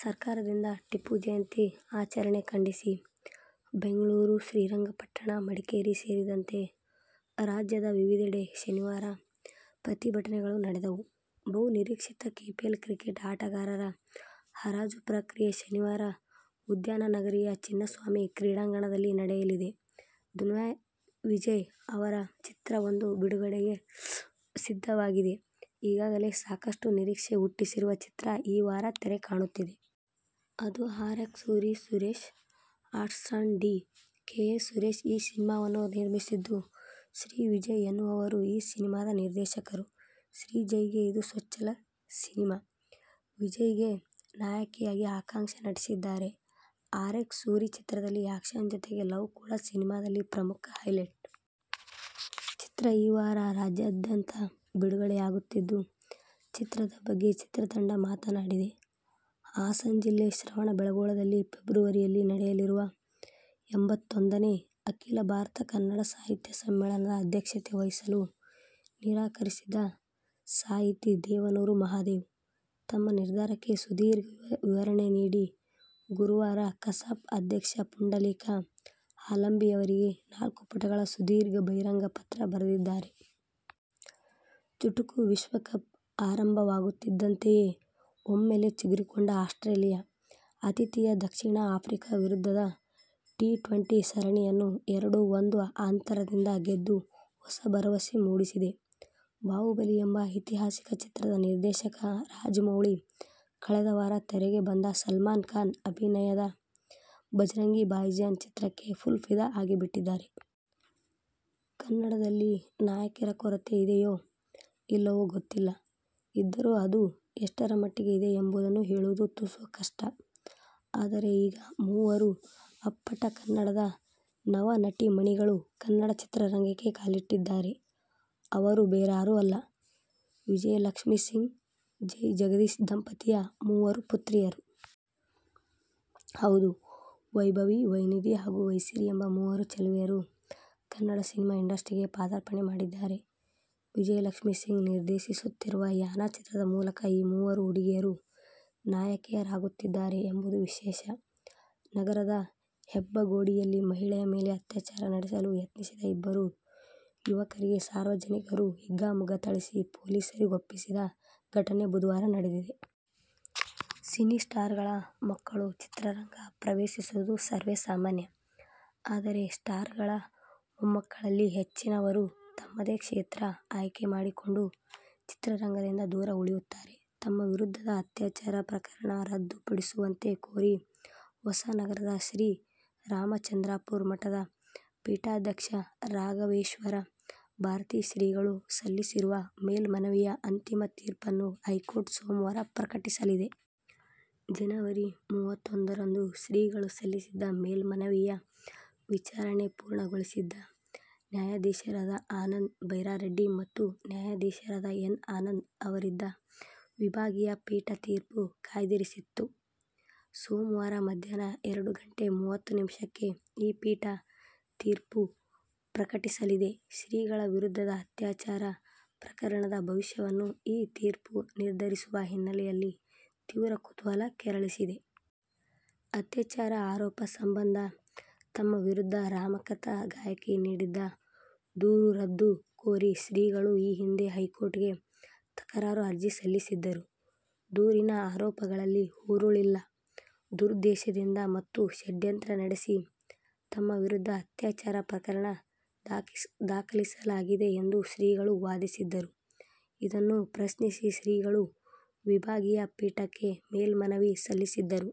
ಸರ್ಕಾರದಿಂದ ಟಿಪ್ಪು ಜಯಂತಿ ಆಚರಣೆ ಖಂಡಿಸಿ ಬೆಂಗಳೂರು, ಶ್ರೀರಂಗಪಟ್ಟಣ, ಮಡಿಕೇರಿ ಸೇರಿದಂತೆ ರಾಜ್ಯದ ವಿವಿಧೆಡೆ ಶನಿವಾರ ಪ್ರತಿಭಟನೆಗಳು ನಡೆದವು. ಬಹು ನಿರೀಕ್ಷಿತ ಕೆಪಿಎಲ್ ಕ್ರಿಕೆಟ್ ಆಟಗಾರರ ಹರಾಜು ಪ್ರಕ್ರಿಯೆ ಶನಿವಾರ ಉದ್ಯಾನನಗರಿಯ ಚಿನ್ನಸ್ವಾಮಿ ಕ್ರೀಡಾಂಗಣದಲ್ಲಿ ನಡೆಯಲಿದೆ. ದುನಿಯಾ ವಿಜಯ್ ಅವರ ಚಿತ್ರವೊಂದು ಬಿಡುಗಡೆಗೆ ಸಿದ್ಧವಾಗಿದೆ. ಈಗಾಗಲೇ ಸಾಕಷ್ಟು ನಿರೀಕ್ಷೆ ಹುಟ್ಟಿಸಿರುವ ಚಿತ್ರ ಈ ವಾರ ತೆರೆಕಾಣುತ್ತಿದೆ. ಅದು "ಆರ್. ಎಕ್ಸ್. ಸೂರಿ'. ಸುರೇಶ್ ಆರ್ಟ್ಸ್ನಡಿ ಕೆ. ಎ. ಸುರೇಶ್ ಈ ಸಿನಿಮಾವನ್ನು ನಿರ್ಮಿಸಿದ್ದು, ಶ್ರೀಜಯ್ ಎನ್ನುವವರು ಈ ಸಿನಿಮಾದ ನಿರ್ದೇಶಕರು. ಶ್ರೀಜಯ್ಗೆ ಇದು ಚೊಚ್ಚಲ ಸಿನಿಮಾ. ವಿಜಯ್ಗೆ ನಾಯಕಿಯಾಗಿ ಆಕಾಂಕ್ಷಾ ನಟಿಸಿದ್ದಾರೆ. "ಆರ್ಎಕ್ಸ್ ಸೂರಿ' ಚಿತ್ರದಲ್ಲಿ ಆ್ಯಕ್ಷನ್ ಜೊತೆಗೆ ಲವ್ ಕೂಡಾ ಸಿನಿಮಾದಲ್ಲಿ ಪ್ರಮುಖ ಹೈಲೈಟ್. ಚಿತ್ರ ಈ ವಾರ ರಾಜ್ಯಾದ್ಯಂತ ಬಿಡುಗಡೆಯಾಗುತ್ತಿದ್ದು, ಚಿತ್ರದ ಬಗ್ಗೆ ಚಿತ್ರತಂಡ ಮಾತನಾಡಿದೆ. ಹಾಸನ ಜಿಲ್ಲೆ ಶ್ರವಣಬೆಳಗೊಳದಲ್ಲಿ ಫೆಬ್ರವರಿಯಲ್ಲಿ ನಡೆಯಲಿರುವ ಎಂಬತ್ತೊಂದನೇ ಅಖೀಲ ಭಾರತ ಕನ್ನಡ ಸಾಹಿತ್ಯ ಸಮ್ಮೇಳನದ ಅಧ್ಯಕ್ಷತೆ ವಹಿಸಲು ನಿರಾಕರಿಸಿದ್ದ ಸಾಹಿತಿ ದೇವನೂರ ಮಹಾದೇವ, ತಮ್ಮ ನಿರ್ಧಾರಕ್ಕೆ ಸುದೀರ್ಘ ವಿವರಣೆ ನೀಡಿ ಗುರುವಾರ ಕಸಾಪ ಅಧ್ಯಕ್ಷ ಪುಂಡಲೀಕ ಹಾಲಂಬಿಯವರಿಗೆ ನಾಲ್ಕುಪುಟಗಳ ಸುದೀರ್ಘ ಬಹಿರಂಗ ಪತ್ರ ಬರೆದಿದ್ದಾರೆ. "ಚುಟುಕು ವಿಶ್ವಕಪ್' ಆರಂಭವಾಗುತ್ತಿದ್ದಂತೆಯೇ ಒಮ್ಮೆಲೆ ಚಿಗುರಿಕೊಂಡ ಆಸ್ಟ್ರೇಲಿಯ ಆತಿಥೇಯ ದಕ್ಷಿಣ ಆಫ್ರಿಕಾ ವಿರುದ್ಧದ ಟಿ-ಟ್ವೆಂಟಿ ಸರಣಿಯನ್ನು ಎರಡು-ಒಂದು ಅಂತರದಿಂದ ಗೆದ್ದು ಹೊಸ ಭರವಸೆ ಮೂಡಿಸಿದೆ. ಬಾಹುಬಲಿ ಎಂಬ ಐತಿಹಾಸಿಕ ಚಿತ್ರದ ನಿರ್ದೇಶಕ ರಾಜಮೌಳಿ ಕಳೆದ ವಾರ ತೆರೆಗೆ ಬಂದ ಸಲ್ಮಾನ್ ಖಾನ್ ಅಭಿನಯದ ಭಜರಂಗಿ ಭಾಯಿಜಾನ್ ಚಿತ್ರಕ್ಕೆ ಫುಲ್ ಫಿದಾ ಆಗಿ ಬಿಟ್ಟಿದ್ದಾರೆ. ಕನ್ನಡದಲ್ಲಿ ನಾಯಕಿಯರ ಕೊರತೆ ಇದೆಯೋ ಇಲ್ಲವೋ ಗೊತ್ತಿಲ್ಲ. ಇದ್ದರೂ ಅದು ಎಷ್ಟರ ಮಟ್ಟಿಗೆ ಇದೆ ಎಂಬುದನ್ನೂ ಹೇಳುವುದು ತುಸು ಕಷ್ಟ. ಆದರೆ, ಈಗ ಮೂವರು ಅಪ್ಪಟ ಕನ್ನಡದ ನವನಟಿಮಣಿಗಳು ಕನ್ನಡ ಚಿತ್ರರಂಗಕ್ಕೆ ಕಾಲಿಟ್ಟಿದ್ದಾರೆ. ಅವರು ಬೇರಾರೂ ಅಲ್ಲ, ವಿಜಯಲಕ್ಷ್ಮೀಸಿಂಗ್, ಜೈ ಜಗದೀಶ್ ದಂಪತಿಯ ಮೂವರು ಪುತ್ರಿಯರು. ಹೌದು, "ವೈಭವಿ, ವೈನಿಧಿ ಹಾಗು ವೈಸಿರಿ' ಎಂಬ ಮೂವರು ಚೆಲುವೆಯರು ಕನ್ನಡ ಸಿನಿಮಾ ಇಂಡಸ್ಟ್ರಿಗೆ ಪಾದಾರ್ಪಣೆ ಮಾಡಿದ್ದಾರೆ. ವಿಜಯಲಕ್ಷ್ಮೀ ಸಿಂಗ್ ನಿರ್ದೇಶಿಸುತ್ತಿರುವ "ಯಾನ' ಚಿತ್ರದ ಮೂಲಕ ಈ ಮೂವರು ಹುಡುಗಿಯರು ನಾಯಕಿಯರಾಗುತ್ತಿದ್ದಾರೆ ಎಂಬುದು ವಿಶೇಷ. ನಗರದ ಹೆಬ್ಬಗೋಡಿಯಲ್ಲಿ ಮಹಿಳೆಯ ಮೇಲೆ ಅತ್ಯಾಚಾರ ನಡೆಸಲು ಯತ್ನಿಸಿದ ಇಬ್ಬರು ಯುವಕರಿಗೆ ಸಾರ್ವಜನಿಕರು ಹಿಗ್ಗಾಮುಗ್ಗಾ ಥಳಿಸಿ ಪೊಲೀಸರಿಗೊಪ್ಪಿಸಿದ ಘಟನೆ ಬುಧವಾರ ನಡೆದಿದೆ. ಸಿನಿ ಸ್ಟಾರ್ ಗಳ ಮಕ್ಕಳು ಚಿತ್ರರಂಗ ಪ್ರವೇಶಿಸುವುದು ಸರ್ವೇ ಸಾಮಾನ್ಯ. ಆದರೆ ಸ್ಟಾರ್ ಗಳ ಮೊಮ್ಮಕ್ಕಳಲ್ಲಿ ಹೆಚ್ಚಿನವರೂ ತಮ್ಮದೇ ಕ್ಷೇತ್ರ ಆಯ್ಕೆ ಮಾಡಿಕೊಂಡು ಚಿತ್ರರಂಗದಿಂದ ದೂರ ಉಳಿಯುತ್ತಾರೆ. ತಮ್ಮ ವಿರುದ್ಧದ ಅತ್ಯಾಚಾರ ಪ್ರಕರಣ ರದ್ದು ಪಡಿಸುವಂತೆ ಕೋರಿ ಹೊಸನಗರದ ಶ್ರೀ ರಾಮಚಂದ್ರಾಪುರ ಮಠದ ಪೀಠಾಧ್ಯಕ್ಷ ರಾಘವೇಶ್ವರ ಭಾರತಿ ಶ್ರೀಗಳು ಸಲ್ಲಿಸಿರುವ ಮೇಲ್ಮನವಿಯ ಅಂತಿಮ ತೀರ್ಪನ್ನು ಹೈಕೋರ್ಟ್ ಸೋಮವಾರ ಪ್ರಕಟಿಸಲಿದೆ. ಜನವರಿ ಮೂವತ್ತರಂದು ಶ್ರೀಗಳು ಸಲ್ಲಿಸಿದ್ದ ಮೇಲ್ಮನವಿಯ ವಿಚಾರಣೆ ಪೂರ್ಣಗೊಳಿಸಿದ್ದ ನ್ಯಾಯಾಧೀಶರಾದ ಆನಂದ ಬೈರಾರೆಡ್ಡಿ ಮತ್ತು ನ್ಯಾಯಾಧೀಶರಾದ ಎನ್. ಆನಂದ ಅವರಿದ್ದ ವಿಭಾಗೀಯ ಪೀಠ ತೀರ್ಪು ಕಾಯ್ದಿರಿಸಿತ್ತು. ಸೋಮವಾರ ಮಧ್ಯಾಹ್ನ ಎರಡು ಗಂಟೆ ಮೂವತ್ತು ನಿಮಿಷಕ್ಕೆ ಈ ಪೀಠ ತೀರ್ಪು ಪ್ರಕಟಿಸಲಿದೆ. ಶ್ರೀಗಳ ವಿರುದ್ಧದ ಅತ್ಯಾಚಾರ ಪ್ರಕರಣದ ಭವಿಷ್ಯವನ್ನು ಈ ತೀರ್ಪು ನಿರ್ಧರಿಸುವ ಹಿನ್ನೆಲೆಯಲ್ಲಿ ತೀವ್ರ ಕುತೂಹಲ ಕೆರಳಿಸಿದೆ. ಅತ್ಯಾಚಾರ ಆರೋಪ ಸಂಬಂಧ ತಮ್ಮ ವಿರುದ್ಧ ರಾಮಕಥಾ ಗಾಯಕಿ ನೀಡಿದ್ದ ದೂರು ರದ್ದು ಕೋರಿ ಶ್ರೀಗಳು ಈ ಹಿಂದೆ ಹೈಕೋರ್ಟ್ಗೆ ತಕರಾರು ಅರ್ಜಿ ಸಲ್ಲಿಸಿದ್ದರು. ದೂರಿನ ಆರೋಪಗಳಲ್ಲಿ ಹುರುಳಿಲ್ಲ. ದುರುದ್ದೇಶದಿಂದ ಮತ್ತು ಷಡ್ಯಂತ್ರ ನಡೆಸಿ ತಮ್ಮ ವಿರುದ್ಧ ಅತ್ಯಾಚಾರ ಪ್ರಕರಣ ದಾಖಲಿಸಲಾಗಿದೆ ಎಂದು ಶ್ರೀಗಳು ವಾದಿಸಿದ್ದರು. ಇದನ್ನು ಪ್ರಶ್ನಿಸಿ ಶ್ರೀಗಳು ವಿಭಾಗೀಯ ಪೀಠಕ್ಕೆ ಮೇಲ್ಮನವಿ ಸಲ್ಲಿಸಿದ್ದರು.